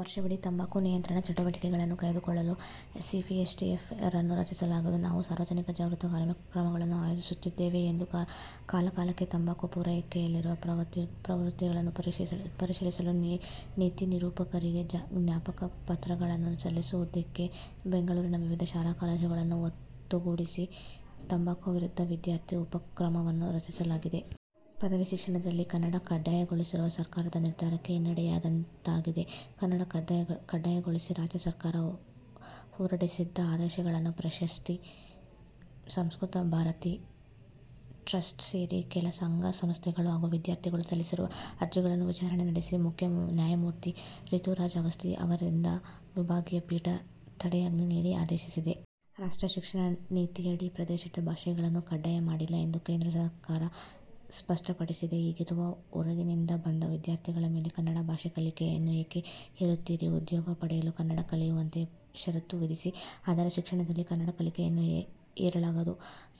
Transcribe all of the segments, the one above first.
ವರ್ಷವಿಡೀ ತಂಬಾಕು ನಿಯಂತ್ರಣ ಚಟುವಟಿಕೆಗಳನ್ನು ಕಾಯ್ದುಕೊಳ್ಳಲು ಸಿಎಫ್ಟಿಎಫ್ಕೆ ಅನ್ನು ರಚಿಸಲಾಗಿದೆ. ನಾವು ಸಾರ್ವಜನಿಕ ಜಾಗೃತಿ ಕಾರ್ಯಕ್ರಮಗಳನ್ನು ಆಯೋಜಿಸುತ್ತಿದ್ದೇವೆ ಮತ್ತು ಕಾಲಕಾಲಕ್ಕೆ ತಂಬಾಕು ಪೂರೈಕೆಯಲ್ಲಿನ ಪ್ರವೃತ್ತಿಯನ್ನು ಪರಿಶೀಲಿಸಲು ನೀತಿ ನಿರೂಪಕರಿಗೆ ಜ್ಞಾಪಕ ಪತ್ರಗಳನ್ನು ಸಲ್ಲಿಸುತ್ತಿದ್ದೇವೆ. ಬೆಂಗಳೂರಿನ ವಿವಿಧ ಶಾಲಾ-ಕಾಲೇಜುಗಳನ್ನು ಒಟ್ಟುಗೂಡಿಸಿ ತಂಬಾಕು ವಿರುದ್ಧ ವಿದ್ಯಾರ್ಥಿ ಉಪಕ್ರಮವನ್ನು ರಚಿಸಲಾಗಿದೆ. ಪದವಿ ಶಿಕ್ಷಣದಲ್ಲಿ ಕನ್ನಡ ಕಡ್ಡಾಯಗೊಳಿಸುವ ಸರ್ಕಾರದ ನಿರ್ಧಾರಕ್ಕೆ ಹಿನ್ನಡೆಯಾದಂತಾಗಿದೆ. ಕನ್ನಡ ಕಡ್ಡಾಯಗೊಳಿಸಿ ರಾಜ್ಯ ಸರ್ಕಾರ ಹೊರಡಿಸಿದ್ದ ಆದೇಶಗಳನ್ನು ಪ್ರಶ್ನಿಸಿ ಸಂಸ್ಕೃತ ಭಾರತಿ ಟ್ರಸ್ಟ್ ಸೇರಿ ಕೆಲ ಸಂಘ-ಸಂಸ್ಥೆಗಳು ಹಾಗೂ ವಿದ್ಯಾರ್ಥಿಗಳು ಸಲ್ಲಿಸಿದ್ದ ಅರ್ಜಿಗಳ ವಿಚಾರಣೆ ನಡೆಸಿದ ಮುಖ್ಯ ನ್ಯಾಯಮೂರ್ತಿ ರಿತುರಾಜ್ ಅವಸ್ಥಿ ಅವರಿದ್ದ ವಿಭಾಗೀಯ ಪೀಠ ತಡೆಯಾಜ್ಞೆ ನೀಡಿ ಆದೇಶಿಸಿದೆ. 'ರಾಷ್ಟ್ರೀಯ ಶಿಕ್ಷಣ ನೀತಿಯಡಿ ಪ್ರಾದೇಶಿಕ ಭಾಷೆಗಳನ್ನು ಕಡ್ಡಾಯ ಮಾಡಿಲ್ಲ ಎಂದು ಕೇಂದ್ರ ಸರ್ಕಾರ ಸ್ಪಷ್ಟಪಡಿಸಿದೆ. ಹೀಗಿರುವಾಗ ಹೊರಗಿನಿಂದ ಬಂದ ವಿದ್ಯಾರ್ಥಿಗಳ ಮೇಲೆ ಕನ್ನಡ ಭಾಷೆ ಕಲಿಕೆಯನ್ನು ಏಕೆ ಹೇರುತ್ತೀರಿ? ಉದ್ಯೋಗ ಪಡೆಯಲು ಕನ್ನಡ ಕಲಿಯುವಂತೆ ಷರತ್ತು ವಿಧಿಸಿ. ಆದರೆ, ಶಿಕ್ಷಣದಲ್ಲಿ ಕನ್ನಡ ಕಲಿಕೆಯನ್ನು ಹೇರಲಾಗದು.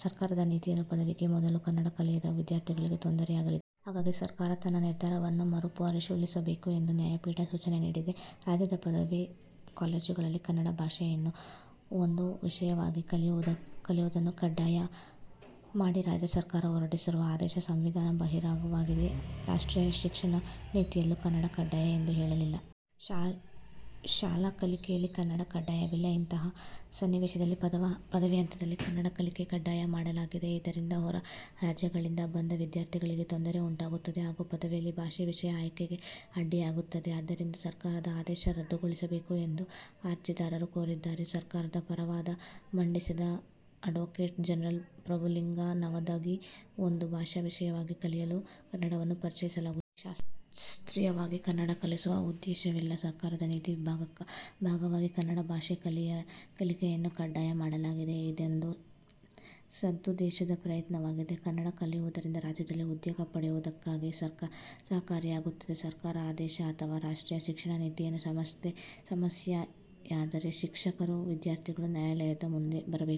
ಸರ್ಕಾರದ ನೀತಿಯಿಂದ ಪದವಿಗೂ ಮೊದಲು ಕನ್ನಡ ಕಲಿಯದ ವಿದ್ಯಾರ್ಥಿಗಳಿಗೆ ತೊಂದರೆಯಾಗಲಿದೆ. ಹಾಗಾಗಿ ಸರ್ಕಾರ ತನ್ನ ನಿರ್ಧಾರವನ್ನು ಮರು ಪರಿಶೀಲಿಸಬೇಕು' ಎಂದು ನ್ಯಾಯಪೀಠ ಸೂಚನೆ ನೀಡಿದೆ. 'ರಾಜ್ಯದ ಪದವಿ ಕಾಲೇಜುಗಳಲ್ಲಿ ಕನ್ನಡ ಭಾಷೆಯನ್ನು ಒಂದು ವಿಷಯವಾಗಿ ಕಲಿಯುವುದನ್ನು ಕಡ್ಡಾಯ ಮಾಡಿ ರಾಜ್ಯ ಸರ್ಕಾರ ಹೊರಡಿಸಿರುವ ಆದೇಶ ಸಂವಿಧಾನ ಬಾಹಿರವಾಗಿದೆ. ರಾಷ್ಟ್ರೀಯ ಶಿಕ್ಷಣ ನೀತಿಯಲ್ಲೂ ಕನ್ನಡ ಕಡ್ಡಾಯ ಎಂದು ಹೇಳಿಲ್ಲ. ಶಾಲಾ ಕಲಿಕೆಯಲ್ಲೂ ಕನ್ನಡ ಕಡ್ಡಾಯವಿಲ್ಲ. ಇಂತಹ ಸನ್ನಿವೇಶದಲ್ಲಿ ಪದವಿ ಹಂತದಲ್ಲಿ ಕನ್ನಡ ಕಲಿಕೆ ಕಡ್ಡಾಯ ಮಾಡಲಾಗಿದೆ. ಇದರಿಂದ ಹೊರ ರಾಜ್ಯಗಳಿಂದ ಬಂದ ವಿದ್ಯಾರ್ಥಿಗಳಿಗೆ ತೊಂದರೆ ಉಂಟಾಗುತ್ತದೆ ಹಾಗೂ ಪದವಿಯಲ್ಲಿ ಭಾಷೆ ವಿಷಯ ಆಯ್ಕೆಗೂ ಅಡ್ಡಿಯಾಗಿದೆ. ಆದ್ದರಿಂದ ಸರ್ಕಾರದ ಆದೇಶ ರದ್ದುಗೊಳಿಸಬೇಕು' ಎಂದು ಅರ್ಜಿದಾರರು ಕೋರಿದ್ದರು. ಸರ್ಕಾರದ ಪರ ವಾದ ಮಂಡಿಸಿದ ಅಡ್ವೋಕೇಟ್ ಜನರಲ್ ಪ್ರಭುಲಿಂಗ ನಾವದಗಿ, 'ಒಂದು ಭಾಷಾ ವಿಷಯವಾಗಿ ಕಲಿಯಲು ಕನ್ನಡವನ್ನು ಪರಿಚಯಿಸಲಾಗುತ್ತಿದೆ. ಆದರೆ, ಶಾಸ್ತ್ರೀಯವಾಗಿ ಕನ್ನಡ ಕಲಿಸುವ ಉದ್ದೇಶವಿಲ್ಲ. ಸರ್ಕಾರದ ನೀತಿಯ ಭಾಗವಾಗಿ ಕನ್ನಡ ಭಾಷೆ ಕಲಿಕೆಯನ್ನು ಕಡ್ಡಾಯ ಮಾಡಲಾಗಿದೆ. ಇದೊಂದು ಸದುದ್ದೇಶದ ಪ್ರಯತ್ನವಾಗಿದೆ. ಕನ್ನಡ ಕಲಿಯುವುದರಿಂದ ರಾಜ್ಯದಲ್ಲಿ ಉದ್ಯೋಗ ಪಡೆಯುವುದಕ್ಕೆ ಸಹಕಾರಿಯಾಗುತ್ತದೆ. ಸರ್ಕಾರದ ಆದೇಶ ಅಥವಾ ರಾಷ್ಟ್ರೀಯ ಶಿಕ್ಷಣ ನೀತಿಯಿಂದ ಸಮಸ್ಯೆಯಾದರೆ ಶಿಕ್ಷಕರು, ವಿದ್ಯಾರ್ಥಿಗಳು ನ್ಯಾಯಾಲಯದ ಮುಂದೆ ಬರಬೇಕು.